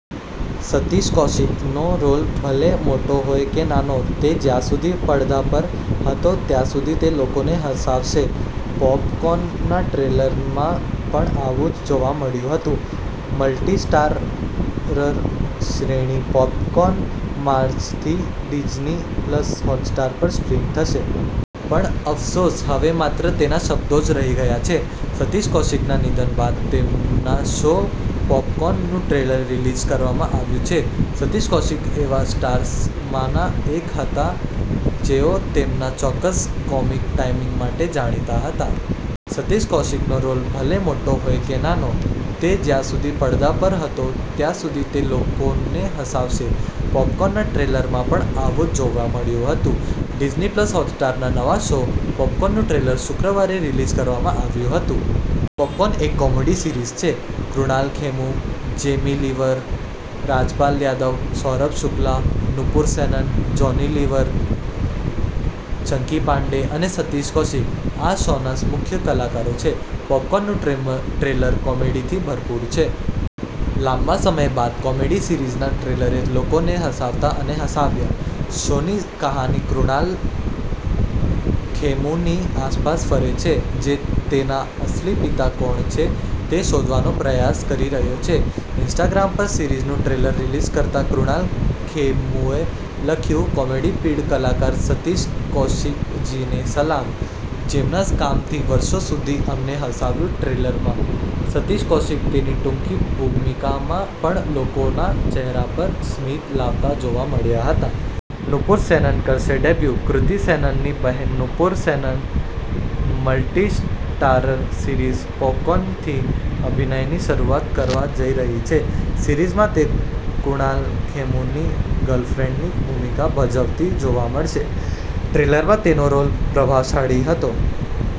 સતીશ કૌશિકનો રોલ ભલે મોટો હોય કે નાનો, તે જ્યાં સુધી પડદા પર હતો ત્યાં સુધી તે લોકોને હસાવશે. 'પૉપ કૌન'ના ટ્રેલરમાં પણ આવું જ જોવા મળ્યું હતું. મલ્ટી-સ્ટારર શ્રેણી 'પોપ કૌન' માર્ચથી ડિઝની પ્લસ હોટસ્ટાર પર સ્ટ્રીમ થશે. પણ અફસોસ, હવે માત્ર તેના શબ્દો જ રહી ગયા છે. સતીશ કૌશિકના નિધન બાદ તેમના શો 'પૉપ કૌન'નું ટ્રેલર રિલીઝ કરવામાં આવ્યું છે. સતીશ કૌશિક એવા સ્ટાર્સમાંના એક હતા જેઓ તેમના ચોક્કસ કોમિક ટાઇમિંગ માટે જાણીતા હતા. સતીશ કૌશિકનો રોલ ભલે મોટો હોય કે નાનો, તે જ્યાં સુધી પડદા પર હતો ત્યાં સુધી તે લોકોને હસાવશે. 'પૉપ કૌન'ના ટ્રેલરમાં પણ આવું જ જોવા મળ્યું હતું. ડિઝની પ્લસ હોટસ્ટારના નવા શો 'પૉપ કૌન'નું ટ્રેલર શુક્રવારે રિલીઝ કરવામાં આવ્યું હતું. 'પોપ કૌન' એક કોમેડી સિરીઝ છે. કુણાલ ખેમુ, જેમી લીવર, રાજપાલ યાદવ, સૌરભ શુક્લા, નુપુર સેનન, જોની લીવર, ચંકી પાંડે અને સતીશ કૌશિક આ શોના મુખ્ય કલાકારો છે. 'પૉપ કૌન'નું ટ્રેલર કોમેડીથી ભરપૂર છે. લાંબા સમય બાદ કોમેડી સિરીઝના ટ્રેલરે લોકોને હસાવતા અને હસાવ્યા. શોની કહાની કુણાલ ખેમુની આસપાસ ફરે છે, જે તેના અસલી પિતા કોણ છે તે શોધવાનો પ્રયાસ કરી રહ્યો છે. ઇન્સ્ટાગ્રામ પર સિરીઝનું ટ્રેલર રિલીઝ કરતાં કુણાલ ખેમુએ લખ્યું, કોમેડી પીઢ કલાકાર સતીશ કૌશિકજીને સલામ, જેમના કામથી વર્ષો સુધી અમને હસાવ્યું ટ્રેલરમાં, સતીશ કૌશિક તેની ટૂંકી ભૂમિકામાં પણ લોકોના ચહેરા પર સ્મિત લાવતા જોવા મળ્યા હતા. નુપુર સેનન કરશે ડેબ્યૂ કૃતિ સેનનની બહેન Nupur Sanon multi starrer series 'Pop કૌન'થી અભિનયની શરૂઆત કરવા જઈ રહી છે. સીરિઝમાં તે કુણાલ ખેમુની ગર્લફ્રેન્ડની ભૂમિકા ભજવતી જોવા મળશે. ટ્રેલરમાં તેનો રોલ પ્રભાવશાળી હતો.